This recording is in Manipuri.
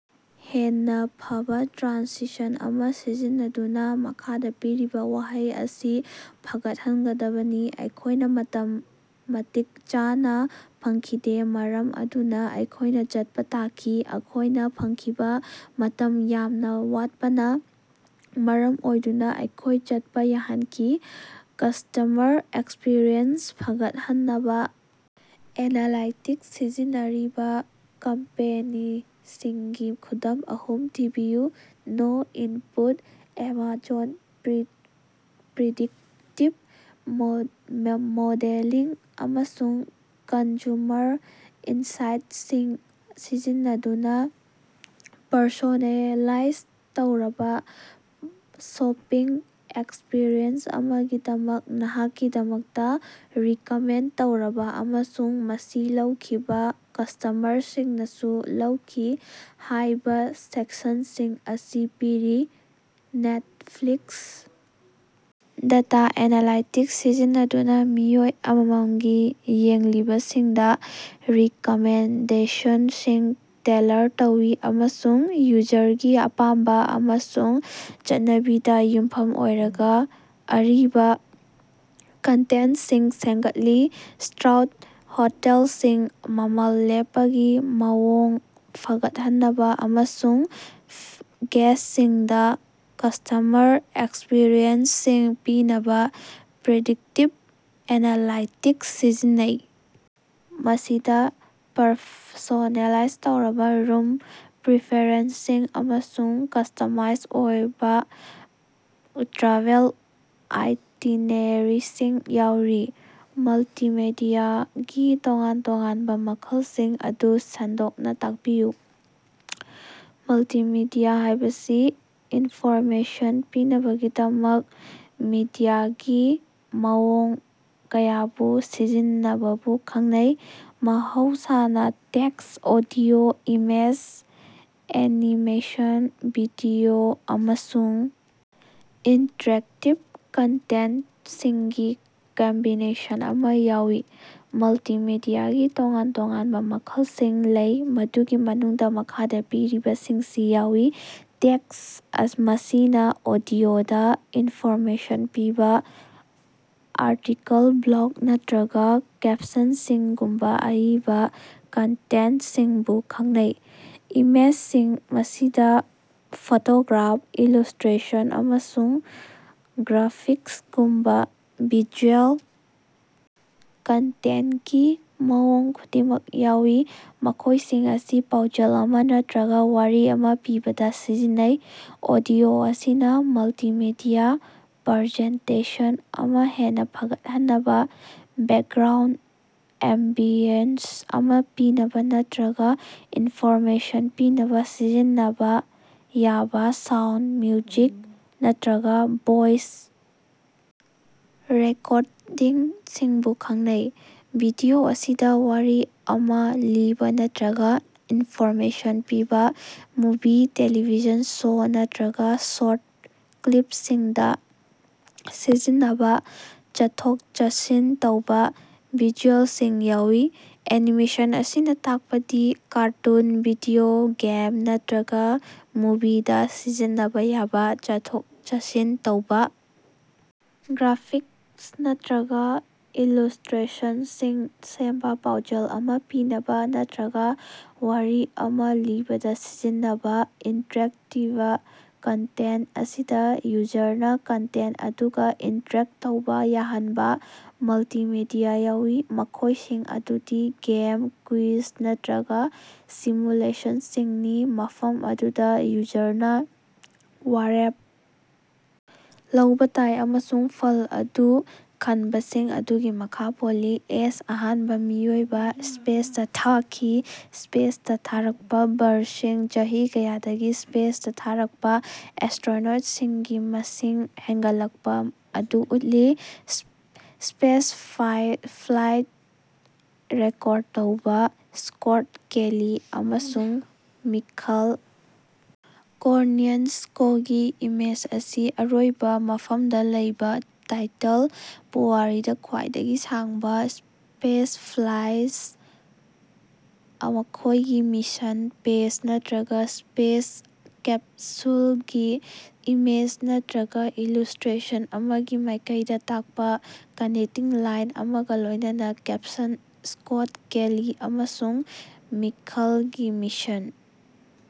ꯍꯦꯟꯅꯥ ꯐꯕꯥ ꯇ꯭ꯔꯥꯟꯁꯤꯁꯟ ꯑꯃ ꯁꯤꯖꯤꯟꯅꯗꯨꯅ ꯃꯈꯥꯗ ꯄꯤꯔꯤꯕ ꯋꯥꯍꯩ ꯑꯁꯤ ꯐꯒꯠꯍꯟꯒꯗꯕꯅꯤ꯫ ꯑꯩꯈꯣꯏꯅ ꯃꯇꯝ ꯃꯇꯤꯛ ꯆꯥꯅ ꯐꯪꯈꯤꯗꯦ ꯃꯔꯝ ꯑꯗꯨꯅ ꯑꯩꯈꯣꯏꯅ ꯆꯠꯄ ꯇꯥꯈꯤ꯫ ꯑꯩꯈꯣꯏꯅ ꯐꯪꯈꯤꯕ ꯃꯇꯝ ꯌꯥꯝꯅ ꯋꯥꯠꯄꯅ ꯃꯔꯝ ꯑꯣꯏꯗꯨꯅ ꯑꯩꯈꯣꯏ ꯆꯠꯄ ꯌꯥꯍꯟꯈꯤ꯫ ꯀ꯭ꯁꯇꯃꯔ ꯑꯦꯛꯁꯄꯤꯔꯤꯑꯦꯟꯁ ꯐꯒꯠꯍꯟꯅꯕ ꯑꯦꯅꯥꯂꯥꯏꯇꯤꯛꯁ ꯁꯤꯖꯤꯟꯅꯔꯤꯕ ꯀꯝꯄꯦꯅꯤꯁꯤꯡꯒꯤ ꯈꯨꯗꯝ ꯑꯍꯨꯝ ꯊꯤꯕꯤꯌꯨ꯫ No input. Amazon predictive modelling ꯑꯃꯁꯨꯡ ꯀꯟꯖꯨꯃꯔ ꯏꯟꯁꯥꯏꯠꯁꯤꯡ ꯁꯤꯖꯤꯟꯅꯗꯨꯅ ꯄꯔꯁꯣꯅꯦꯂꯥꯏꯖ ꯇꯧꯔꯕ ꯁꯣꯄꯤꯡ ꯑꯦꯛꯁꯄꯤꯔꯤꯑꯦꯟꯁ ꯑꯃꯒꯤꯗꯃꯛ "ꯅꯍꯥꯛꯀꯤꯗꯃꯛꯇ ꯔꯤꯀꯃꯦꯟꯗ ꯇꯧꯔꯕꯥ" ꯑꯃꯁꯨꯡ "ꯃꯁꯤ ꯂꯧꯈꯤꯕ ꯀ꯭ꯁꯇꯃꯔꯁꯤꯡꯅꯁꯨ ꯂꯧꯈꯤ" ꯍꯥꯏꯕ ꯁꯦꯛꯁꯟꯁꯤꯡ ꯑꯁꯤ ꯄꯤꯔꯤ꯫ ꯅꯦꯠꯐ꯭ꯂꯤꯛꯁ ꯗꯥꯇ ꯑꯦꯅꯥꯂꯥꯏꯇꯤꯛꯁ ꯁꯤꯖꯤꯟꯅꯗꯨꯅ ꯃꯤꯑꯣꯏ ꯑꯃꯃꯝꯒꯤ ꯌꯦꯡꯂꯤꯕꯁꯤꯡꯗ ꯔꯤꯀꯃꯦꯟꯗꯦꯁꯟꯁꯤꯡ ꯇꯦꯜꯂꯔ ꯇꯧꯏ ꯑꯃꯁꯨꯡ ꯌꯨꯖꯔꯒꯤ ꯑꯄꯥꯥꯝꯕ ꯑꯃꯁꯨꯡ ꯆꯠꯅꯕꯤꯗ ꯌꯨꯝꯐꯝ ꯑꯣꯏꯔꯒ ꯑꯔꯤꯕ ꯀꯟꯇꯦꯟꯠꯁꯤꯡ ꯁꯦꯝꯒꯠꯂꯤ꯫ ꯁ꯭ꯇꯥꯔꯎꯗ ꯍꯣꯇꯦꯜꯁꯤꯡ ꯃꯃꯜ ꯂꯦꯞꯄꯒꯤ ꯃꯑꯣꯡ ꯐꯒꯠꯍꯟꯅꯕ ꯑꯃꯁꯨꯡ ꯒꯦꯁꯁꯤꯡꯗ ꯀ꯭ꯁꯇꯃꯔ ꯑꯦꯛꯁꯄꯔꯤꯌꯦꯟꯁꯁꯤꯡ ꯄꯤꯅꯕ ꯄ꯭ꯔꯤꯗꯤꯛꯇꯤꯚ ꯑꯦꯅꯥꯂꯥꯏꯇꯤꯛꯁ ꯁꯤꯖꯤꯟꯅꯩ, ꯃꯁꯤꯗ ꯄꯔꯁꯣꯅꯦꯂꯥꯏꯖ ꯇꯧꯔꯕ ꯔꯨꯝ ꯄ꯭ꯔꯤꯐꯦꯔꯦꯟꯁꯁꯤꯡ ꯑꯃꯁꯨꯡ ꯀ꯭ꯁꯇꯃꯥꯏꯁ ꯑꯣꯏꯕ ꯇ꯭ꯔꯥꯚꯦꯜ ꯑꯥꯏꯇꯤꯅꯦꯔꯤꯁꯤꯡ ꯌꯥꯎꯔꯤ꯫ ꯃꯜꯇꯤꯃꯦꯗꯤꯌꯥꯒꯤ ꯇꯣꯉꯥꯟ-ꯇꯣꯉꯥꯟꯕ ꯃꯈꯜꯁꯤꯡ ꯑꯗꯨ ꯁꯟꯗꯣꯛꯅ ꯇꯥꯛꯄꯤꯌꯨ꯫ ꯃꯜꯇꯤꯃꯤꯗꯤꯌꯥ ꯍꯥꯏꯕꯁꯤ ꯏꯟꯐꯣꯔꯃꯦꯁꯟ ꯄꯤꯅꯕꯒꯤꯗꯃꯛ ꯃꯤꯗꯤꯌꯥꯒꯤ ꯃꯑꯣꯡ ꯀꯌꯥꯕꯨ ꯁꯤꯖꯤꯟꯅꯕꯕꯨ ꯈꯪꯅꯩ, ꯃꯍꯧꯁꯥꯅ text, audio, image, animation, video, ꯑꯃꯁꯨꯡ ꯏꯟꯇꯔꯦꯛꯇꯤꯚ ꯀꯟꯇꯦꯟꯇꯁꯤꯡꯒꯤ ꯀꯝꯕꯤꯅꯦꯁꯟ ꯑꯃ ꯌꯥꯎꯏ꯫ ꯃꯜꯇꯤꯃꯦꯗꯤꯌꯥꯒꯤ ꯇꯣꯉꯥꯟ-ꯇꯣꯉꯥꯟꯕ ꯃꯈꯜꯁꯤꯡ ꯂꯩ, ꯃꯗꯨꯒꯤ ꯃꯅꯨꯡꯗ ꯃꯈꯥꯗ ꯄꯤꯔꯤꯕꯁꯤꯡꯁꯤ ꯌꯥꯎꯏ: ꯇꯦꯛꯁ ꯃꯁꯤꯅ ꯑꯣꯗꯤꯑꯣꯗꯥ ꯏꯟꯐꯣꯔꯃꯦꯁꯟ ꯄꯤꯕ ꯑꯥꯔꯇꯤꯀꯜ, ꯕ꯭ꯂꯣꯒ ꯅꯠꯇꯔꯒ ꯀꯦꯞꯁꯟꯁꯤꯡꯒꯨꯝꯕ ꯑꯏꯕ ꯀꯟꯇꯦꯟꯠꯁꯤꯡꯕꯨ ꯈꯪꯅꯩ꯫ ꯏꯃꯦꯖꯁꯤꯡ ꯃꯁꯤꯗ ꯐꯣꯇꯣꯒ꯭ꯔꯥꯐ, ꯏꯂꯨꯁꯇ꯭ꯔꯦꯁꯟ, ꯑꯃꯁꯨꯡ ꯒ꯭ꯔꯥꯐꯤꯛꯁꯒꯨꯝꯕ ꯚꯤꯖꯨꯑꯦꯜ ꯀꯟꯇꯦꯟꯠꯀꯤ ꯃꯑꯣꯡ ꯈꯨꯗꯤꯡꯃꯛ ꯌꯥꯎꯏ, ꯃꯈꯣꯏꯁꯤꯡ ꯑꯁꯤ ꯄꯥꯎꯖꯦꯜ ꯑꯃ ꯅꯠꯇꯔꯒ ꯋꯥꯔꯤ ꯑꯃ ꯄꯤꯕꯗ ꯁꯤꯖꯤꯟꯅꯩ꯫ ꯑꯣꯗꯤꯑꯣ ꯑꯁꯤꯅ ꯃꯜꯇꯤꯃꯤꯗꯤꯌ ꯄ꯭ꯔꯖꯦꯟꯇꯦꯁꯟ ꯑꯃ ꯍꯦꯟꯅ ꯐꯒꯠꯍꯟꯅꯕ, ꯕꯦꯛꯒ꯭ꯔꯥꯎꯟꯗ ꯑꯦꯝꯕꯤꯌꯟꯁ ꯑꯃꯥ ꯄꯤꯅꯕ ꯅꯠꯇꯔꯒ ꯏꯟꯐꯣꯔꯃꯦꯁꯟ ꯄꯤꯅꯕ ꯁꯤꯖꯤꯟꯅꯕ ꯌꯥꯕꯥ ꯁꯥꯎꯟꯗ, ꯃ꯭ꯌꯨꯖꯤꯛ ꯅꯠꯇꯔꯒ ꯚꯣꯏꯁ ꯔꯦꯀꯣꯔꯗꯤꯡꯁꯤꯡꯕꯨ ꯈꯪꯅꯩ꯫ ꯚꯤꯗꯤꯑꯣ ꯑꯁꯤꯗ ꯋꯥꯔꯤ ꯑꯃ ꯂꯤꯕ ꯅꯠꯇꯔꯒ ꯏꯟꯐꯣꯔꯃꯦꯁꯟ ꯄꯤꯕ, ꯃꯨꯚꯤ, ꯇꯦꯂꯤꯚꯤꯖꯟ ꯁꯣ ꯅꯠꯇꯔꯒꯥ ꯁ꯭ꯣꯔꯠ ꯀ꯭ꯂꯤꯄꯁꯤꯡꯗ ꯁꯤꯖꯤꯟꯅꯕ ꯆꯠꯊꯣꯛ-ꯆꯠꯁꯤꯟ ꯇꯧꯕ ꯚꯤꯖꯨꯑꯦꯜꯁꯤꯡ ꯌꯥꯎꯏ꯫ ꯑꯦꯅꯤꯃꯦꯁꯟ ꯑꯁꯤꯅ ꯇꯥꯛꯄꯗꯤ ꯀꯥꯔꯇꯨꯟ, ꯚꯤꯗꯤꯑꯣ ꯒꯦꯝ ꯅꯠꯇꯔꯒ ꯃꯨꯚꯤꯗ ꯁꯤꯖꯤꯟꯅꯕ ꯌꯥꯕꯥ ꯆꯠꯊꯣꯛ-ꯆꯠꯁꯤꯟ ꯇꯧꯕ ꯒ꯭ꯔꯥꯐꯤꯛꯁ ꯅꯠꯇꯔꯒ ꯏꯂꯨ꯭ꯁꯇꯔꯦꯁꯟꯁꯤꯡ ꯁꯦꯝꯕ, ꯄꯥꯎꯖꯦꯜ ꯑꯃ ꯄꯤꯅꯕ ꯅꯠꯇꯔꯒ ꯋꯥꯔꯤ ꯑꯃ ꯂꯤꯕꯗ ꯁꯤꯖꯤꯟꯅꯕ꯫ ꯏꯟꯇꯔꯦꯛꯇꯤꯕ ꯀꯟꯇꯦꯟꯠ ꯑꯁꯤꯗ ꯌꯨꯖꯔꯅ ꯀꯟꯇꯦꯟꯠ ꯑꯗꯨꯒ ꯏꯟꯇꯔꯦꯛ ꯇꯧꯕ ꯌꯥꯍꯟꯕ ꯃꯜꯇꯤꯃꯦꯗꯤꯌ ꯌꯥꯎꯏ, ꯃꯈꯣꯏꯁꯤꯡ ꯑꯗꯨꯗꯤ ꯒꯦꯝ, ꯀ꯭ꯋꯤꯖ, ꯅꯠꯇꯔꯒ ꯁꯤꯃꯨꯂꯦꯁꯟꯁꯤꯡꯅꯤ, ꯃꯐꯝ ꯑꯗꯨꯗ ꯌꯨꯖꯔꯅ ꯋꯥꯔꯦꯞ ꯂꯧꯕ ꯇꯥꯏ, ꯑꯃꯁꯨꯡ ꯐꯜ ꯑꯗꯨ ꯈꯟꯕꯁꯤꯡ ꯑꯗꯨꯒꯤ ꯃꯈꯥ ꯄꯣꯜꯂꯤ꯫ ꯑꯦꯁ, ꯑꯍꯥꯟꯕ ꯃꯤꯑꯣꯏꯕ ꯁ꯭ꯄꯦꯁꯇꯥ ꯊꯥꯈꯤ꯫ ꯁ꯭ꯄꯦꯁꯇꯥ ꯊꯥꯔꯛꯄ꯫ ꯕꯥꯔꯁꯤꯡ: ꯆꯍꯤ ꯀꯌꯥꯗꯒꯤ ꯁ꯭ꯄꯦꯁꯇ ꯊꯥꯔꯛꯄ ꯑꯦꯁꯇ꯭ꯔꯣꯅꯣꯠꯁꯤꯡꯒꯤ ꯃꯁꯤꯡ ꯍꯦꯡꯒꯠꯂꯛꯄ ꯑꯗꯨ ꯎꯠꯂꯤ꯫ ꯁ꯭ꯄꯦꯁꯐ꯭ꯂꯥꯏꯠ ꯔꯦꯀ꯭ꯣꯔꯗ ꯇꯧꯕꯥ: ꯁ꯭ꯀꯣꯠ ꯀꯦꯂꯤ ꯑꯃꯁꯨꯡ ꯃꯤꯈꯜ ꯀꯣꯔꯅꯤꯌꯦꯟꯀꯣꯒꯤ ꯏꯃꯦꯖ ꯑꯁꯤ ꯑꯔꯣꯏꯕ ꯃꯐꯝꯗ ꯂꯩꯕ ꯇꯥꯏꯇꯜ: ꯄꯨꯋꯥꯔꯤꯗ ꯈ꯭ꯋꯥꯏꯗꯒꯤ ꯁꯥꯡꯕ ꯁ꯭ꯄꯦꯁꯐ꯭ꯂꯥꯏꯠ, ꯃꯈꯣꯏꯒꯤ ꯃꯤꯁꯟ ꯄꯦꯠꯆ ꯅꯠꯇꯔꯒ ꯁ꯭ꯄꯦꯁ ꯀꯦꯞꯁꯨꯂꯒꯤ ꯏꯃꯦꯖ ꯅꯠꯇꯔꯒ ꯏꯂꯨ꯭ꯁꯇ꯭ꯔꯦꯁꯟ ꯑꯃꯒꯤ ꯃꯥꯏꯀꯩꯗ ꯇꯥꯛꯄ ꯀꯅꯦꯛꯇꯤꯡ ꯂꯥꯏꯟ ꯑꯃꯒꯥ ꯂꯣꯏꯅꯅ ꯀꯦꯞꯁꯟ: ꯁ꯭ꯀꯣꯠ ꯀꯦꯂꯤ ꯑꯃꯁꯨꯡ ꯃꯤꯈꯥꯏꯂꯒꯤ ꯃꯤꯁꯟ꯫